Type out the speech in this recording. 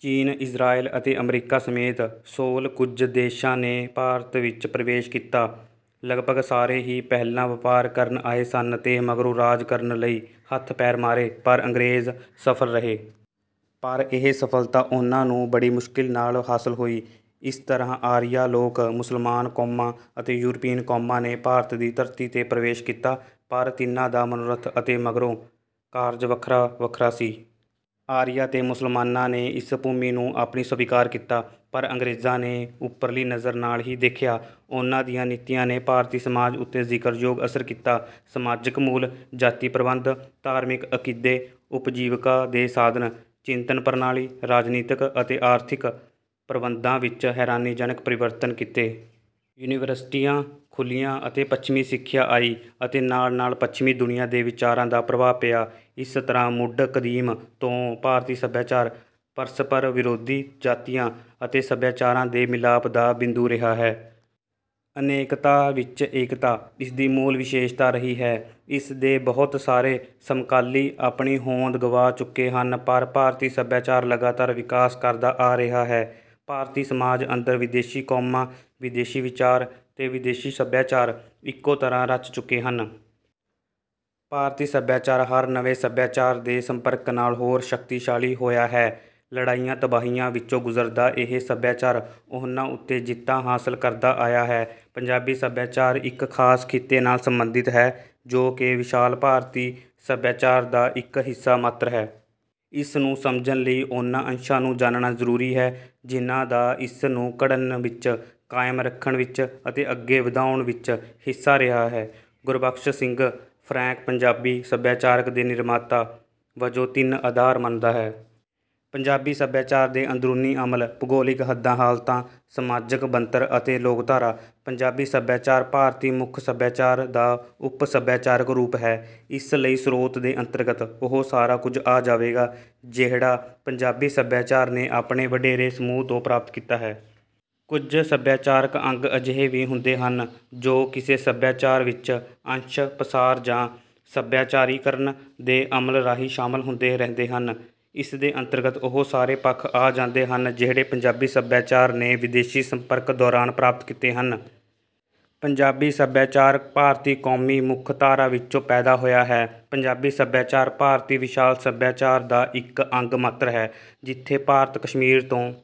ਚੀਨ, ਇਜ਼ਰਾਈਲ ਅਤੇ ਅਮਰੀਕਾ ਸਮੇਤ ਸੋਲ੍ਹ ਕੁਝ ਦੇਸ਼ਾਂ ਨੇ ਭਾਰਤ ਵਿੱਚ ਪ੍ਰਵੇਸ਼ ਕੀਤਾ। ਲਗਭਗ ਸਾਰੇ ਹੀ ਪਹਿਲਾਂ ਵਪਾਰ ਕਰਨ ਆਏ ਸਨ ਤੇ ਮਗਰੋਂ ਰਾਜ ਕਰਨ ਲਈ ਹੱਥ ਪੈਰ ਮਾਰੇ। ਪਰ ਅੰਗ੍ਰੇਜ਼ ਸਫ਼ਲ ਰਹੇ। ਪਰ ਇਹ ਸਫ਼ਲਤਾ ਉਨ੍ਹਾਂ ਨੂੰ ਬੜੀ ਮੁਸ਼ਕਿਲ ਨਾਲ ਹਾਸਲ ਹੋਈ। ਇਸ ਤਰ੍ਹਾਂ ਆਰੀਆ ਲੋਕ, ਮੁਸਲਮਾਨ ਕੌਮਾਂ ਅਤੇ ਯੂਰਪੀਨ ਕੌਮਾਂ ਨੇ ਭਾਰਤ ਦੀ ਧਰਤੀ 'ਤੇ ਪ੍ਰਵੇਸ਼ ਕੀਤਾ। ਪਰ ਤਿੰਨਾਂ ਦਾ ਮਨੋਰਥ ਅਤੇ ਮਗਰੋਂ ਕਾਰਜ ਵੱਖਰਾ-ਵੱਖਰਾ ਸੀ। ਆਰੀਆਂ ਤੇ ਮੁਸਲਮਾਨਾਂ ਨੇ ਇਸ ਭੂਮੀ ਨੂੰ ਆਪਣੀ ਸਵੀਕਾਰ ਕੀਤਾ, ਪਰ ਅੰਗ੍ਰੇਜ਼ਾਂ ਨੇ ਉਪਰਲੀ ਨਜ਼ਰ ਨਾਲ ਹੀ ਦੇਖਿਆ। ਉਨ੍ਹਾਂ ਦੀਆਂ ਨੀਤੀਆਂ ਨੇ ਭਾਰਤੀ ਸਮਾਜ ਉੱਤੇ ਜ਼ਿਕਰਯੋਗ ਅਸਰ ਕੀਤਾ। ਸਮਾਜਕ ਮੂਲ, ਜਾਤੀ ਪ੍ਰਬੰਧ, ਧਾਰਮਿਕ ਅਕੀਦੇ, ਉਪਜੀਵਿਕਾ ਦੇ ਸਾਧਨ, ਚਿੰਤਨ ਪ੍ਰਣਾਲੀ, ਰਾਜਨੀਤਕ ਅਤੇ ਆਰਥਿਕ ਪ੍ਰਬੰਧਾਂ ਵਿੱਚ ਹੈਰਾਨੀਜਨਕ ਪਰਿਵਰਤਨ ਕੀਤੇ। ਯੂਨੀਵਰਸਿਟੀਆਂ ਖੁੱਲ੍ਹੀਆਂ, ਅਤੇ ਪੱਛਮੀ ਸਿੱਖਿਆ ਆਈ ਅਤੇ ਨਾਲ-ਨਾਲ ਪੱਛਮੀ ਦੁਨੀਆਂ ਦੇ ਵਿਚਾਰਾਂ ਦਾ ਪ੍ਰਭਾਵ ਪਿਆ। ਇਸ ਤਰ੍ਹਾਂ ਮੁੱਢ ਕਦੀਮ ਤੋਂ ਭਾਰਤੀ ਸੱਭਿਆਚਾਰ ਪਰਸਪਰ ਵਿਰੋਧੀ ਜਾਤੀਆਂ ਅਤੇ ਸੱਭਿਆਚਾਰਾਂ ਦੇ ਮਿਲਾਪ ਦਾ ਬਿੰਦੂ ਰਿਹਾ ਹੈ। ਅਨੇਕਤਾ ਵਿੱਚ ਏਕਤਾ ਇਸਦੀ ਮੂਲ ਵਿਸ਼ੇਸ਼ਤਾ ਰਹੀ ਹੈ। ਇਸ ਦੇ ਬਹੁਤ ਸਾਰੇ ਸਮਕਾਲੀ ਆਪਣੀ ਹੋਂਦ ਗਵਾ ਚੁੱਕੇ ਹਨ। ਪਰ ਭਾਰਤੀ ਸੱਭਿਆਚਾਰ ਲਗਾਤਾਰ ਵਿਕਾਸ ਕਰਦਾ ਆ ਰਿਹਾ ਹੈ। ਭਾਰਤੀ ਸਮਾਜ ਅੰਦਰ ਵਿਦੇਸ਼ੀ ਕੌਮਾਂ, ਵਿਦੇਸ਼ੀ ਵਿਚਾਰ, ਤੇ ਵਿਦੇਸ਼ੀ ਸੱਭਿਆਚਾਰ ਇੱਕੋ ਤਰ੍ਹਾਂ ਰਚ ਚੁੱਕੇ ਹਨ। ਭਾਰਤੀ ਸੱਭਿਆਚਾਰ ਹਰ ਨਵੇਂ ਸੱਭਿਆਚਾਰ ਦੇ ਸੰਪਰਕ ਨਾਲ ਹੋਰ ਸ਼ਕਤੀਸ਼ਾਲੀ ਹੋਇਆ ਹੈ। ਲੜਾਈਆਂ ਤਬਾਹੀਆਂ ਵਿੱਚੋਂ ਗੁਜ਼ਰਦਾ ਇਹ ਸੱਭਿਆਚਾਰ ਉਨ੍ਹਾਂ ਉੱਤੇ ਜਿੱਤਾਂ ਹਾਸਲ ਕਰਦਾ ਆਇਆ ਹੈ। ਪੰਜਾਬੀ ਸੱਭਿਆਚਾਰ ਇੱਕ ਖਾਸ ਖਿੱਤੇ ਨਾਲ ਸੰਬੰਧਿਤ ਹੈ ਜੋ ਕਿ ਵਿਸ਼ਾਲ ਭਾਰਤੀ ਸੱਭਿਆਚਾਰ ਦਾ ਇੱਕ ਹਿੱਸਾ ਮਾਤਰ ਹੈ। ਇਸ ਨੂੰ ਸਮਝਣ ਲਈ ਉਨ੍ਹਾਂ ਅੰਸ਼ਾਂ ਨੂੰ ਜਾਣਨਾ ਜ਼ਰੂਰੀ ਹੈ ਜਿਨ੍ਹਾਂ ਦਾ ਇਸ ਨੂੰ ਘੜਨ ਵਿੱਚ, ਕਾਇਮ ਰੱਖਣ ਵਿੱਚ ਅਤੇ ਅੱਗੇ ਵਧਾਉਣ ਵਿੱਚ ਹਿੱਸਾ ਰਿਹਾ ਹੈ। ਗੁਰਬਖ਼ਸ਼ ਸਿੰਘ ਫ਼ਰੈਂਕ ਪੰਜਾਬੀ ਸੱਭਿਆਚਾਰ ਦੇ ਨਿਰਮਾਤਾ ਵਜੋਂ ਤਿੰਨ ਆਧਾਰ ਮੰਨਦਾ ਹੈ। ਪੰਜਾਬੀ ਸੱਭਿਆਚਾਰ ਦੇ ਅੰਦਰੂਨੀ ਅਮਲ, ਭੂਗੋਲਿਕ ਹੱਦਾਂ-ਹਾਲਤਾਂ, ਸਮਾਜਕ ਬਣਤਰ ਅਤੇ ਲੋਕਧਾਰਾ। ਪੰਜਾਬੀ ਸੱਭਿਆਚਾਰ ਭਾਰਤੀ ਮੁੱਖ ਸੱਭਿਆਚਾਰ ਦਾ ਉਪ-ਸੱਭਿਆਚਾਰਕ ਰੂਪ ਹੈ। ਇਸ ਲਈ ਸਰੋਤ ਦੇ ਅੰਤਰਗਤ ਉਹ ਸਾਰਾ ਕੁਝ ਆ ਜਾਵੇਗਾ ਜਿਹੜਾ ਪੰਜਾਬੀ ਸੱਭਿਆਚਾਰ ਨੇ ਆਪਣੇ ਵਡੇਰੇ ਸਮੂਹ ਤੋਂ ਪ੍ਰਾਪਤ ਕੀਤਾ ਹੈ। ਕੁਝ ਸੱਭਿਆਚਾਰਕ ਅੰਗ ਅਜਿਹੇ ਵੀ ਹੁੰਦੇ ਹਨ ਜੋ ਕਿਸੇ ਸੱਭਿਆਚਾਰ ਵਿੱਚ ਅੰਸ਼-ਪਸਾਰ ਜਾਂ ਸੱਭਿਆਚਾਰੀਕਰਨ ਦੇ ਅਮਲ ਰਾਹੀਂ ਸ਼ਾਮਲ ਹੁੰਦੇ ਰਹਿੰਦੇ ਹਨ। ਇਸ ਦੇ ਅੰਤਰਗਤ ਉਹ ਸਾਰੇ ਪੱਖ ਆ ਜਾਂਦੇ ਹਨ ਜਿਹੜੇ ਪੰਜਾਬੀ ਸੱਭਿਆਚਾਰ ਨੇ ਵਿਦੇਸ਼ੀ ਸੰਪਰਕ ਦੌਰਾਨ ਪ੍ਰਾਪਤ ਕੀਤੇ ਹਨ। ਪੰਜਾਬੀ ਸੱਭਿਆਚਾਰ ਭਾਰਤੀ ਕੌਮੀ ਮੁੱਖ ਧਾਰਾ ਵਿੱਚੋਂ ਪੈਦਾ ਹੋਇਆ ਹੈ। ਪੰਜਾਬੀ ਸੱਭਿਆਚਾਰ, ਭਾਰਤੀ ਵਿਸ਼ਾਲ ਸੱਭਿਆਚਾਰ ਦਾ ਇੱਕ ਅੰਗ ਮਾਤਰ ਹੈ। ਜਿਥੇ ਭਾਰਤ ਕਸ਼ਮੀਰ ਤੋਂ